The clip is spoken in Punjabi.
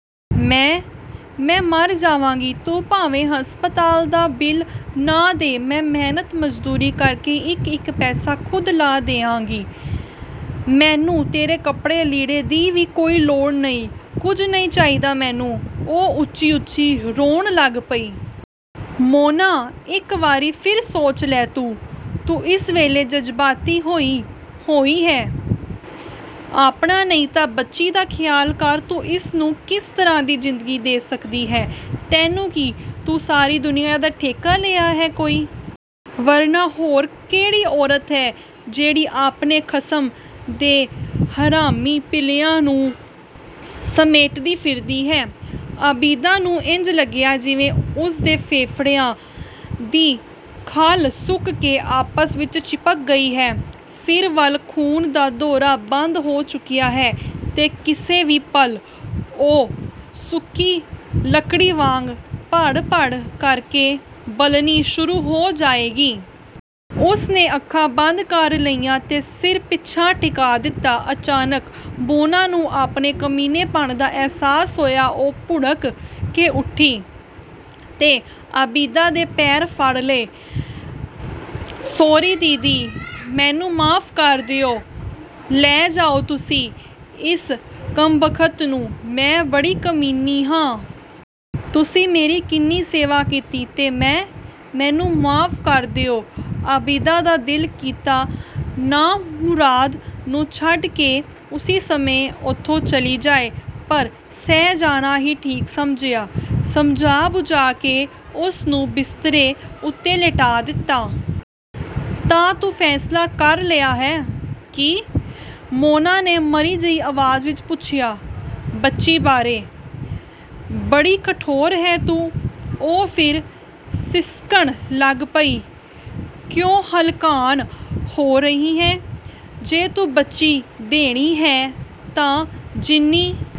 ਮੈਂ, ਮੈਂ ਮਰ ਜਾਵਾਂਗੀ! ਤੂੰ ਭਾਵੇਂ ਹਸਪਤਾਲ ਦਾ ਬਿੱਲ ਨਾ ਦੇ, ਮੈਂ ਮਿਹਨਤ-ਮਜ਼ਦੂਰੀ ਕਰਕੇ ਇੱਕ-ਇੱਕ ਪੈਸਾ ਖ਼ੁਦ ਲਾਹ ਦਿਆਂਗੀ। ਮੈਨੂੰ ਤੇਰੇ ਕੱਪੜੇ-ਲੀੜੇ ਦੀ ਵੀ ਕੋਈ ਲੋੜ ਨਹੀਂ। ਕੁਝ ਨਹੀਂ ਚਾਹੀਦਾ ਮੈਨੂੰ" ਉਹ ਉੱਚੀ-ਉੱਚੀ ਰੋਣ ਲੱਗ ਪਈ। "ਮੋਨਾ ਇੱਕ ਵਾਰੀ ਫਿਰ ਸੋਚ ਲੈ ਤੂੰ, ਤੂੰ ਇਸ ਵੇਲੇ ਜਜ਼ਬਾਤੀ ਹੋਈ-ਹੋਈ ਹੈਂ। ਆਪਣਾ ਨਹੀਂ ਤਾਂ ਬੱਚੀ ਦਾ ਖ਼ਿਆਲ ਕਰ, ਤੂੰ ਇਸਨੂੰ ਕਿਸ ਤਰ੍ਹਾਂ ਦੀ ਜ਼ਿੰਦਗੀ ਦੇ ਸਕਦੀ ਹੈਂ?" "ਤੈਨੂੰ ਕੀ? ਤੂੰ ਸਾਰੀ ਦੁਨੀਆਂ ਦਾ ਠੇਕਾ ਲਿਆ ਹੈ ਕੋਈ! ਵਰਨਾ ਹੋਰ ਕਿਹੜੀ ਔਰਤ ਹੈ, ਜਿਹੜੀ ਆਪਣੇ ਖਸਮ ਦੇ ਹਰਾਮੀ ਪਿੱਲਿਆਂ ਨੂੰ ਸਮੇਟਦੀ ਫਿਰਦੀ ਹੈ!" ਆਬਿਦਾ ਨੂੰ ਇੰਜ ਲੱਗਿਆ ਜਿਵੇਂ ਉਸਦੇ ਫੇਫੜਿਆਂ ਦੀ ਖੱਲ ਸੁੱਕ ਕੇ ਆਪਸ ਵਿੱਚ ਚਿਪਕ ਗਈ ਹੈ। ਸਿਰ ਵੱਲ ਖ਼ੂਨ ਦਾ ਦੌਰਾ ਬੰਦ ਹੋ ਚੁੱਕਿਆ ਹੈ, ਤੇ ਕਿਸੇ ਵੀ ਪਲ ਉਹ ਸੁੱਕੀ ਲੱਕੜੀ ਵਾਂਗ ਭੜਭੜ ਕਰਕੇ ਬਲਣੀ ਸ਼ੁਰੂ ਹੋ ਜਾਏਗੀ। ਉਸਨੇ ਅੱਖਾਂ ਬੰਦ ਕਰ ਲਈਆਂ ਤੇ ਸਿਰ ਪਿਛਾਂਹ ਟਿਕਾ ਦਿੱਤਾ। ਅਚਾਨਕ ਮੋਨਾ ਨੂੰ ਆਪਣੇ ਕਮੀਨੇਪਣ ਦਾ ਅਹਿਸਾਸ ਹੋਇਆ। ਉਹ ਭੁੜਕ ਕੇ ਉੱਠੀ ਤੇ ਆਬਿਦਾ ਦੇ ਪੈਰ ਫੜ ਲਏ"ਸੌਰੀ ਦੀਦੀ, ਮੈਨੂੰ ਮੁਆਫ਼ ਕਰ ਦਿਓ, ਲੈ ਜਾਓ ਤੁਸੀਂ ਇਸ ਕੰਮਬਖ਼ਤ ਨੂੰ, ਮੈਂ ਬੜੀ ਕਮੀਨੀ ਹਾਂ। ਤੁਸੀਂ ਮੇਰੀ ਕਿੰਨੀ ਸੇਵਾ ਕੀਤੀ, ਤੇ ਮੈਂ! ਮੈਨੂੰ ਮੁਆਫ਼ ਕਰ ਦਿਓ" ਆਬਿਦਾ ਦਾ ਦਿਲ ਕੀਤਾ ਨਾਮੁਰਾਦ ਨੂੰ ਛੱਡ ਕੇ ਉਸੇ ਸਮੇਂ ਉੱਥੋਂ ਚਲੀ ਜਾਏ। ਪਰ ਸਹਿ ਜਾਣਾ ਹੀ ਠੀਕ ਸਮਝਿਆ। ਸਮਝਾ-ਬੁਝਾ ਕੇ ਉਸਨੂੰ ਬਿਸਤਰੇ ਉੱਤੇ ਲਿਟਾ ਦਿੱਤਾ। "ਤਾਂ ਤੂੰ ਫ਼ੈਸਲਾ ਕਰ ਲਿਆ ਹੈ?" "ਕੀ?" ਮੋਨਾ ਨੇ ਮਰੀ ਜਿਹੀ ਆਵਾਜ਼ ਵਿੱਚ ਪੁੱਛਿਆ। "ਬੱਚੀ ਬਾਰੇ?" "ਬੜੀ ਕਠੋਰ ਹੈਂ ਤੂੰ!" ਉਹ ਫਿਰ ਸਿਸਕਣ ਲੱਗ ਪਈ। "ਕਿਉਂ ਹਲਕਾਨ ਹੋ ਰਹੀ ਹੈਂ, ਜੇ ਤੂੰ ਬੱਚੀ ਦੇਣੀ ਹੈ ਤਾਂ ਜਿੰਨੀ